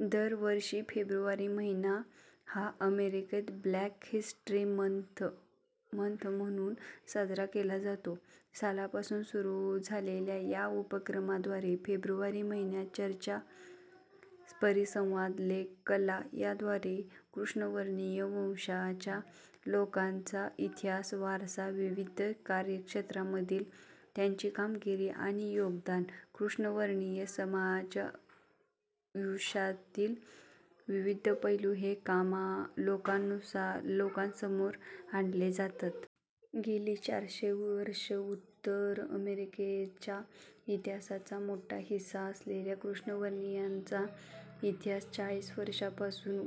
दर वर्षी फेब्रुवारी महिना हा अमेरिकेत 'ब्लॅक हिस्टरी मंथ' म्हणून साजरा केला जातो. सालापासून सुरु झालेल्या या उपक्रमाद्वारे फेब्रुवारी महिन्यात चर्चा, परिसंवाद, लेख, कला याद्वारे कृष्णवर्णीय वंशाच्या लोकांचा इतिहास, वारसा, विविध कार्यक्षेत्रामधील त्यांची कामगिरी आणि योगदान, कृष्णवर्णीय समाजायुष्यातील विविध पैलू हे लोकांसमोर आणले जातात. गेली चारशे वर्षं उत्तर अमेरिकेच्या इतिहासाचा मोठा हिस्सा असलेल्या कृष्णवर्णीयांचा इतिहास चाळीस वर्षांपासून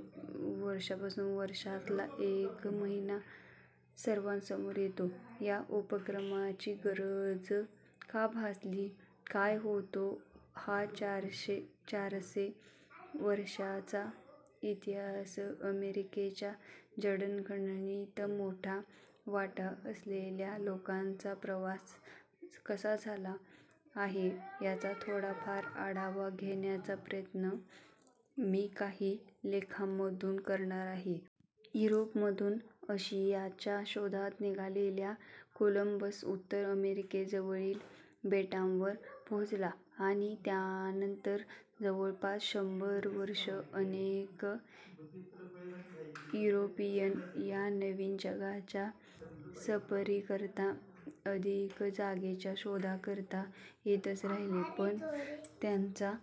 वर्षातला एक महिना सर्वांसमोर येतो. या उपक्रमाची गरज का भासली, काय होता हा चारसे वर्षांचा इतिहास, अमेरिकेच्या जडणघडणीत मोठा वाटा असलेल्या लोकांचा प्रवास कसा झाला आहे याचा थोडाफार आढावा घेण्याचा प्रयत्न मी काही लेखांमधून करणार आहे. युरोपमधून अशियाच्या शोधात निघालेला कोलंबस उत्तर अमेरिकेजवळील बेटांवर पोहोचला, आणि त्यानंतर जवळपास शंभर वर्षं अनेक युरोपियन या नवीन जगाच्या सफरीकरता, अधिक जागेच्या शोधाकरता येतच राहिले. पण त्यांचा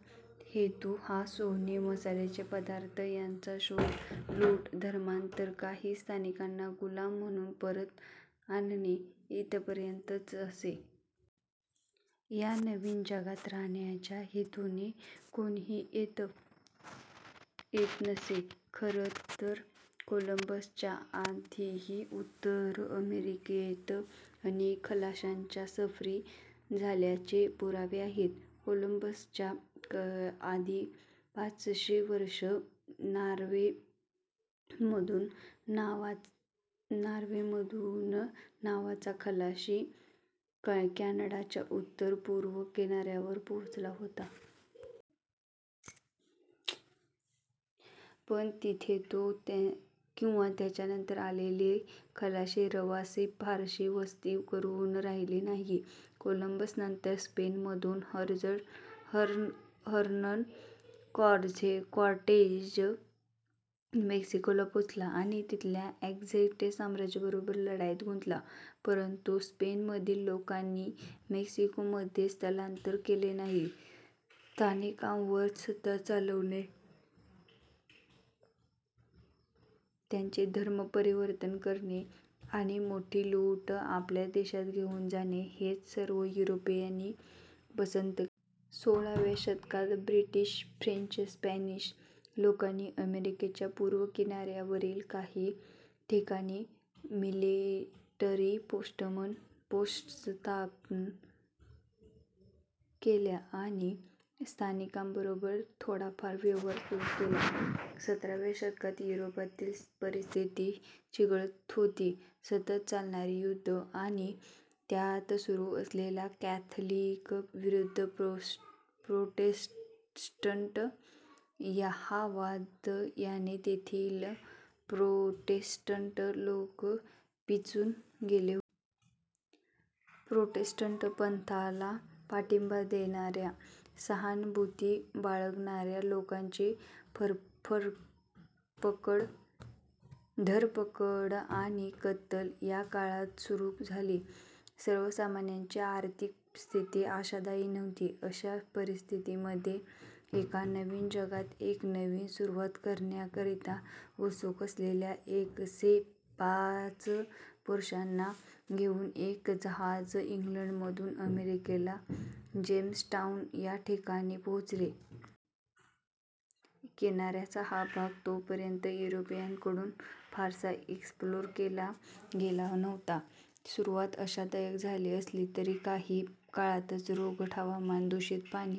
हेतू हा सोने, मसाल्याचे पदार्थ यांचा शोध, लूट, धर्मांतर, काही स्थानिकांना गुलाम म्हणून परत आणणे इथपर्यंतच असे. या नवीन जगात राहण्याच्या हेतूने कोणीही येत नसे. खरं तर कोलंबसच्या आधीही उत्तर अमेरिकेत अनेक खलाशांच्या सफरी झाल्याचे पुरावे आहेत. कोलंबसच्या आधी पाचशे वर्ष नॉर्वेमधून नावाचा खलाशी कॅनडाच्या उत्तर पूर्व किनार्यावर पोहोचला होता. पण तिथे तो किंवा त्याच्यानंतर आलेले खलाशी ्रवासी फारशी वस्ती करुन राहिले नाही. कोलंबसनंतर स्पेनमधून हर्नन कॉर्टेझ मेक्सिकोला पोहोचला, आणि तिथल्या अॅझ्टेक साम्राज्याबरोबर लढाईत गुंतला. परंतू स्पेनमधील लोकांनी मेक्सिकोमध्ये स्थलांतर केले नाही. स्थानिकांवर सत्ता चालवणे, त्यांचे धर्मपरिवर्तन करणे आणि मोठी लूट आपल्या देशात घेऊन जाणे हेच सर्व युरोपियनांनी पसंत केले. सोळाव्या शतकात ब्रिटिश, फ्रेंच, स्पॅनिश लोकांनी अमेरिकेच्या पूर्व किनार्यावरील काही ठिकाणी मिलिटरी पोस्ट्स स्थापन केल्या आणि स्थानिकांबरोबर थोडाफार व्यवहार सुरु केला. सतराव्या शतकात युरोपातली परिस्थिती चिघळत होती. सतत चालणारी युद्धं आणि त्यात सुरु असलेला कॅथलिक विरुद्ध प्रोटेस्टंट हा वाद याने तेथील प्रोटेस्टंट लोक पिचून गेले होते. प्रोटेस्टंट पंथाला पाठींबा देणार्या, सहानुभूती बाळगणार्या लोकांची धरपकड आणि कत्तल या काळात सुरु झाली. सर्वसामान्यांची आर्थिक स्थितीही आशादायी नव्हती. अशा परिस्थितीमध्ये एका नवीन जगात एक नवी सुरुवात करण्याकरता उत्सुक असलेल्या एकसे पाच पुरुषांना घेउन एक जहाज इंग्लंडमधून अमेरिकेला जेम्सटाउन या ठिकाणी पोहोचले. किनार्याचा हा भाग तोपर्यंत युरोपियनांकडून फारसा 'एक्स्प्लोअर' केला गेलेला नव्हता. सुरुवात आशादायक झाली असली तरी काही काळातच रोगट हवामान, दुषित पाणी,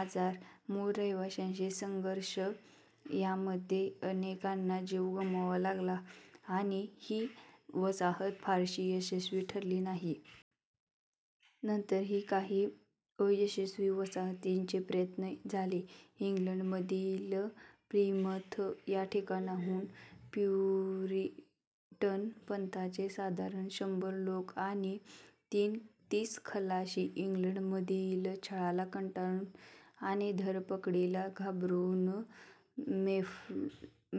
आजार, मूळ रहिवाश्यांशी संघर्ष यामध्ये अनेकांना जीव गमवावा लागला आणि ही वसाहत फारशी यशस्वी ठरली नाही. नंतरही काही अयशस्वी वसाहतींचे प्रयत्न झाले. इंग्लंडमधील प्लिमथ या ठिकाणाहून प्युरिटन पंथाचे साधारण शंभर लोक आणि तीस खलाशी इंग्लंडमधील छळाला कंटाळून आणि धरपकडीला घाबरुन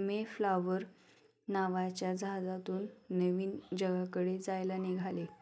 मेफ्लावर नावाच्या जहाजातून नवीन जगाकडे जायला निघाले.